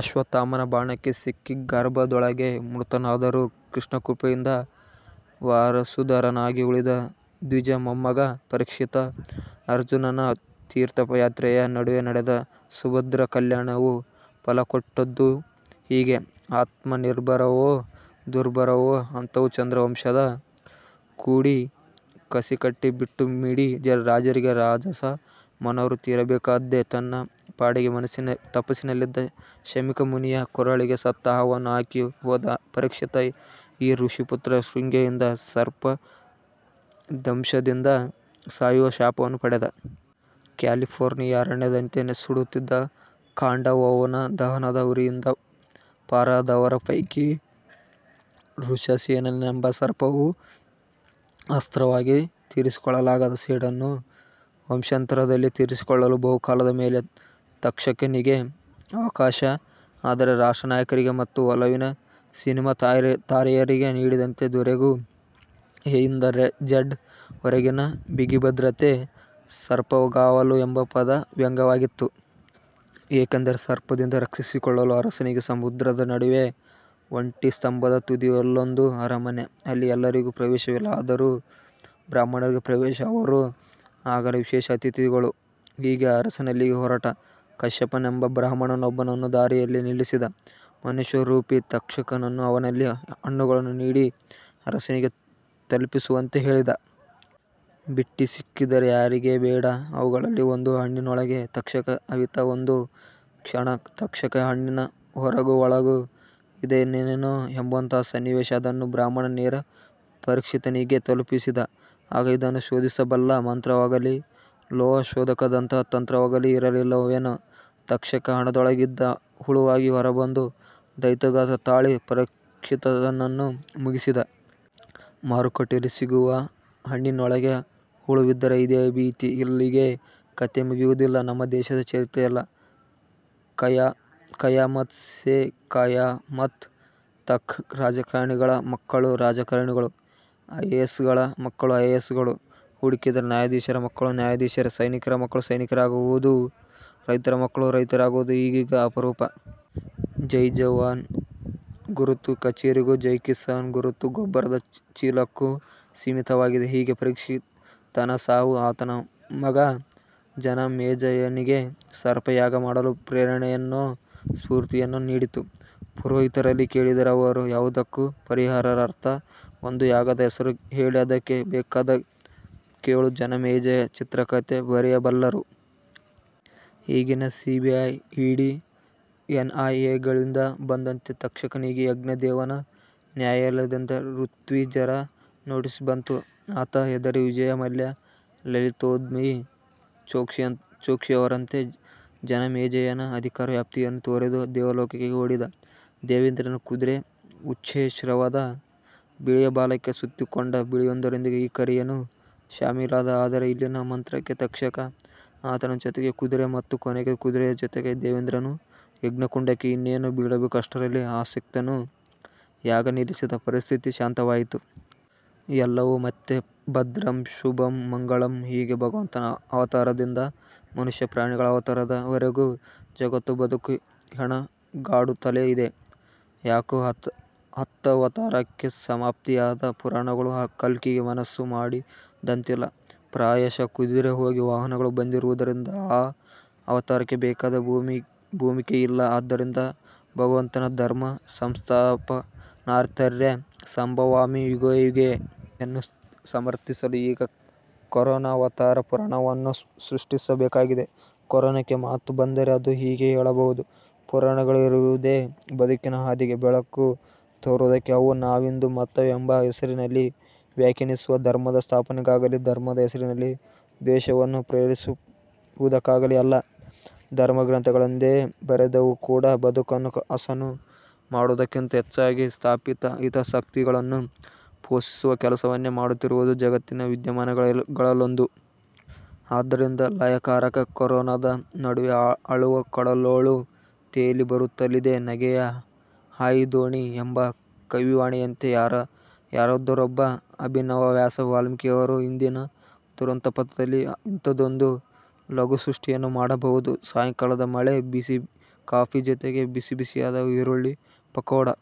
ಅಶ್ವತ್ಥಾಮನ ಬಾಣಕ್ಕೆ ಸಿಕ್ಕಿ ಗರ್ಭದೊಳಗೇ ಮೃತನಾದರೂ ಕೃಷ್ಣಕೃಪೆಯಿಂದ ವಾರಸುದಾರನಾಗಿ ಉಳಿದ ದ್ವಿಜ ಮೊಮ್ಮಗ ಪರೀಕ್ಷಿತ. ಅರ್ಜುನನ ತೀರ್ಥಯಾತ್ರೆಯ ನಡುವೆ ನಡೆದ ಸುಭದ್ರಾ ಕಲ್ಯಾಣವು ಫಲಕೊಟ್ಟದ್ದು ಹೀಗೆ. ಆತ್ಮನಿರ್ಭರವೋ ದುರ್ಭರವೋ ಅಂತೂ ಚಂದ್ರವಂಶದ ಕುಡಿ. ಕಸಿಕಟ್ಟಿ ಬಿಟ್ಟ ಮಿಡಿ. ರಾಜರಿಗೆ ರಾಜಸ ಮನೋವೃತ್ತಿ ಇರಬೇಕಾದ್ದೇ. ತನ್ನ ಪಾಡಿಗೆ ತಪಸ್ಸಿನಲ್ಲಿದ್ದ ಶಮೀಕ ಮುನಿಯ ಕೊರಳಿಗೆ ಸತ್ತ ಹಾವನ್ನು ಹಾಕಿ ಹೋದ ಪರೀಕ್ಷಿತ ಆ ಋಷಿಪುತ್ರ ಶೃಂಗಿಯಿಂದ ಸರ್ಪದಂಶದಿಂದ ಸಾಯುವ ಶಾಪವನ್ನು ಪಡೆದ. ಕ್ಯಾಲಿಫೋರ್ನಿಯಾ ಅರಣ್ಯದಂತೆ ಸುಡುತ್ತಿದ್ದ ಖಾಂಡವವನ ದಹನದ ಉರಿಯಿಂದ ಪಾರಾದವರ ಪೈಕಿ ವೃಷಸೇನನೆಂಬ ಸರ್ಪವು ಅಸ್ತ್ರವಾಗಿ ತೀರಿಸಿಕೊಳ್ಳಲಾಗದ ಸೇಡನ್ನು ವಂಶಾಂತರದಲ್ಲಿ ತೀರಿಸಿಕೊಳ್ಳಲು ಬಹುಕಾಲದ ಮೇಲೆ ತಕ್ಷಕನಿಗೆ ಅವಕಾಶ. ಆದರೆ ರಾಷ್ಟ್ರನಾಯಕರಿಗೆ ಮತ್ತು ಒಲವಿನ ಸಿನೆಮಾತಾರೆಯರಿಗೆ ನೀಡಿದಂತೆ ದೊರೆಗೂ ಎಯಿಂದ ಝೆಡ್ ವರೆಗಿನ ಬಿಗಿಭದ್ರತೆ. ಸರ್ಪಗಾವಲು ಎಂಬ ಪದ ವ್ಯಂಗ್ಯವಾದೀತು. ಏಕೆಂದರೆ ಸರ್ಪದಿಂದ ರಕ್ಷಿಸಿಕೊಳ್ಳಲು ಅರಸನಿಗೆ ಸಮುದ್ರದ ನಡುವೆ ಒಂಟಿಸ್ತಂಭದ ತುದಿಯಲ್ಲೊಂದು ಅರಮನೆ. ಅಲ್ಲಿ ಎಲ್ಲರಿಗೂ ಪ್ರವೇಶವಿಲ್ಲ. ಆದರೂ ಬ್ರಾಹ್ಮಣರಿಗೆ ಪ್ರವೇಶ. ಅವರು ಆಗಲೇ ವಿಶೇಷ ಅತಿಥಿಗಳು. ಹೀಗೆ ಅರಸನಲ್ಲಿಗೆ ಹೊರಟ ಕಶ್ಯಪನೆಂಬ ಬ್ರಾಹ್ಮಣನೊಬ್ಬನನ್ನು ದಾರಿಯಲ್ಲಿ ನಿಲ್ಲಿಸಿದ ಮನುಷ್ಯರೂಪಿ ತಕ್ಷಕನು ಅವನಲ್ಲಿ ಹಣ್ಣುಗಳನ್ನು ನೀಡಿ ಅರಸನಿಗೆ ತಲುಪಿಸುವಂತೆ ಹೇಳಿದ. ಬಿಟ್ಟಿ ಸಿಕ್ಕಿದರೆ ಯಾರಿಗೆ ಬೇಡ? ಅವುಗಳಲ್ಲಿ ಒಂದು ಹಣ್ಣಿನೊಳಗೆ ತಕ್ಷಕ ಅವಿತ. ಒಂದು ಕ್ಷಣ ತಕ್ಷಕ ಹಣ್ಣಿನ ಹೊರಗೂ-ಒಳಗೂ ಇದ್ದನೇನೋ ಎಂಬಂತಹ ಸನ್ನಿವೇಶ. ಅದನ್ನು ಬ್ರಾಹ್ಮಣ ನೇರ ಪರೀಕ್ಷಿತನಿಗೆ ತಲುಪಿಸಿದ. ಆಗ ಇದನ್ನು ಶೋಧಿಸಬಲ್ಲ ಮಂತ್ರವಾಗಲೀ, ಲೋಹಶೋಧಕದಂತಹ ತಂತ್ರವಾಗಲೀ ಇರಲಿಲ್ಲವೇನೋ? ತಕ್ಷಕ ಹಣ್ಣೊಳಗಿಂದ ಹುಳವಾಗಿ ಹೊರಬಂದು ದೈತ್ಯಗಾತ್ರ ತಾಳಿ ಪರೀಕ್ಷಿತನನ್ನು ಮುಗಿಸಿದ. ಮಾರುಕಟ್ಟೆಯಲ್ಲಿ ಸಿಗುವ ಹಣ್ಣಿನೊಳಗೆ ಹುಳವಿದ್ದರೆ ಇದೇ ಭೀತಿ. ಇಲ್ಲಿಗೇ ಕತೆ ಮುಗಿಯುವುದಿಲ್ಲ. ನಮ್ಮ ದೇಶದ ಚರಿತ್ರೆಯೆಲ್ಲ 'ಕಯಾಮತ್ ಸೇ ಕಯಾಮತ್ ತಕ್'. ರಾಜಕಾರಣಿಗಳ ಮಕ್ಕಳು ರಾಜಕಾರಣಿಗಳು, ಐ ಎ ಎಸ್ ಗಳ ಮಕ್ಕಳು ಐ ಎ ಎಸ್ ಗಳು, ಹುಡುಕಿದರೆ ನ್ಯಾಯಾಧೀಶರ ಮಕ್ಕಳೂ ನ್ಯಾಯಾಧೀಶರೇ. ಸೈನಿಕರ ಮಕ್ಕಳು ಸೈನಿಕರಾಗುವುದು, ರೈತರ ಮಕ್ಕಳು ರೈತರಾಗುವುದು ಈಗೀಗ ಅಪರೂಪ. ಜೈಜವಾನ್ ಗುರುತು ಕಚೇರಿಗೂ ಜೈಕಿಸಾನ್ ಗುರುತು ಗೊಬ್ಬರದ ಚೀಲಕ್ಕೂ ಸೀಮಿತವಾಗಿದೆ. ಹೀಗೆ ಪರೀಕ್ಷಿತನ ಸಾವು ಆತನ ಮಗ ಜನಮೇಜಯನಿಗೆ ಸರ್ಪಯಾಗ ಮಾಡಲು ಪ್ರೇರಣೆಯನ್ನೋ ಸ್ಫೂರ್ತಿಯನ್ನೋ ನೀಡಿತು. ಪುರೋಹಿತರಲ್ಲಿ ಕೇಳಿದರೆ ಅವರು ಯಾವುದಕ್ಕೂ ಪರಿಹಾರಾರ್ಥ ಒಂದು ಯಾಗದ ಹೆಸರು ಹೇಳಿ ಅದಕ್ಕೆ ಬೇಕಾದ 'ಕೇಳು ಜನಮೇಜಯ' ಚಿತ್ರಕತೆ ಬರೆಯಬಲ್ಲರು. ಈಗಿನ ಸಿಬಿಐ, ಈಡಿ, ಎನ್ಐಎಗಳಿಂದ ಬಂದಂತೆ ತಕ್ಷಕನಿಗೆ ಯಜ್ಞದೇವನ ನ್ಯಾಯಾಲಯದಿಂದ ಋತ್ವಿಜರ ನೋಟಿಸ್ ಬಂತು. ಆತ ಹೆದರಿ ವಿಜಯಮಲ್ಯ, ಲಲಿತ್ಮೋದಿ, ಚೋಕ್ಸಿಯವರಂತೆ ಜನಮೇಜಯನ ಅಧಿಕಾರ ವ್ಯಾಪ್ತಿಯನ್ನು ತೊರೆದು ದೇವಲೋಕಕ್ಕೆ ಓಡಿದ. ದೇವೇಂದ್ರನ ಕುದುರೆ ಉಚ್ಚೈಶ್ರವದ ಬಿಳಿಯ ಬಾಲಕ್ಕೆ ಸುತ್ತಿಕೊಂಡ. ಬಿಳಿಯರೊಂದಿಗೆ ಈ ಕರಿಯನೂ ಶಾಮೀಲಾದ. ಆದರೆ ಇಲ್ಲಿನ ಮಂತ್ರಕ್ಕೆ ತಕ್ಷಕ, ಆತನ ಜೊತೆಗೆ ಕುದುರೆ ಮತ್ತು ಕೊನೆಗೆ ಕುದುರೆಯ ಜೊತೆಗೆ ದೇವೇಂದ್ರನೂ ಯಜ್ಞಕುಂಡಕ್ಕೆ ಇನ್ನೇನು ಬೀಳಬೇಕು ಅಷ್ಟರಲ್ಲಿ ಆಸ್ತಿಕನು ಯಾಗ ನಿಲ್ಲಿಸಿದ; ಪರಿಸ್ಥಿತಿ ಶಾಂತವಾಯಿತು. ಎಲ್ಲವೂ ಮತ್ತೆ ಭದ್ರಂ ಶುಭಂ ಮಂಗಲಂ! ಹೀಗೆ ಭಗವಂತನ ಅವತಾರದಿಂದ ಮನುಷ್ಯ-ಪ್ರಾಣಿಗಳ ಅವತಾರದ ವರೆಗೂ ಜಗತ್ತೂ ಬದುಕೂ ಹೆಣಗಾಡುತ್ತಲೇ ಇದೆ. ಯಾಕೋ ಹತ್ತವತಾರಕ್ಕೆ ಸಮಾಪ್ತಿಯಾದ ಪುರಾಣಗಳು ಕಲ್ಕಿಗೆ ಮನಸ್ಸು ಮಾಡಿದಂತಿಲ್ಲ. ಪ್ರಾಯಶಃ ಕುದುರೆ ಹೋಗಿ ವಾಹನಗಳು ಬಂದಿರುವುದರಿಂದ ಆ ಅವತಾರಕ್ಕೆ ಬೇಕಾದ ಭೂಮಿಕೆಯಿಲ್ಲ. ಆದ್ದರಿಂದ ಭಗವಂತನ ''ಧರ್ಮಸಂಸ್ಥಾಪನಾರ್ಥಾಯ ಸಂಭವಾಮಿ ಯುಗೇಯುಗೇ! ''ಯನ್ನು ಸಮರ್ಥಿಸಲು ಈಗ ಕೊರೋನಾವತಾರ ಪುರಾಣವನ್ನು ಸೃಷ್ಟಿಸಬೇಕಾಗಿದೆ. ಕೊರೋನಕ್ಕೆ ಮಾತು ಬಂದರೆ ಅದು ಹೀಗೆ ಹೇಳಬಹುದು: ಪುರಾಣಗಳಿರುವುದೇ ಬದುಕಿನ ಹಾದಿಗೆ ಬೆಳಕು ತೋರುವುದಕ್ಕೆ. ಅವು ನಾವಿಂದು ಮತವೆಂಬ ಹೆಸರಿನಲ್ಲಿ ವ್ಯಾಖ್ಯಾನಿಸುವ ಧರ್ಮದ ಸ್ಥಾಪನೆಗಾಗಲೀ, ಧರ್ಮದ ಹೆಸರಿನಲ್ಲಿ ದ್ವೇಷವನ್ನು ಪ್ರೇರೇಪಿಸವುದಕ್ಕಾಗಲೀ ಅಲ್ಲ. ಧರ್ಮಗ್ರಂಥಗಳೆಂದೇ ಬರೆದವೂ ಕೂಡ ಬದುಕನ್ನು ಹಸನು ಮಾಡುವುದಕ್ಕಿಂತ ಹೆಚ್ಚಾಗಿ ಸ್ಥಾಪಿತ ಹಿತಾಸಕ್ತಿಗಳನ್ನು ಪೋಷಿಸುವ ಕೆಲಸವನ್ನೇ ಮಾಡುತ್ತಿರುವುದು ಜಗತ್ತಿನ ವಿದ್ಯಮಾನಗಳಲ್ಲೊಂದು. ಆದ್ದರಿಂದ ಲಯಕಾರಕ ಕೊರೋನದ ನಡುವೆ ''ಅಳುವ ಕಡಲೊಳೂ ತೇಲಿ ಬರುತಲಿದೆ ನಗೆಯ ಹಾಯಿದೋಣಿ'' ಎಂಬ ಕವಿವಾಣಿಯಂತೆ ಯಾರಾದರೊಬ್ಬ ಅಭಿನವ ವ್ಯಾಸ-ವಾಲ್ಮೀಕಿಯರು ಇಂದಿನ ದುರಂತ ಪಥದಲ್ಲಿ ಇಂಥದ್ದೊಂದು ಲಘುಸೃಷ್ಟಿಯನ್ನು ಮಾಡಬಹುದು. ಸಾಯಂಕಾಲದ ಮಳೆ, ಬಿಸಿ ಕಾಫಿ ಜೊತೆಗೆ ಬಿಸಿಬಿಸಿಯಾದ ಈರುಳ್ಳಿ ಪಕೋಡಾ.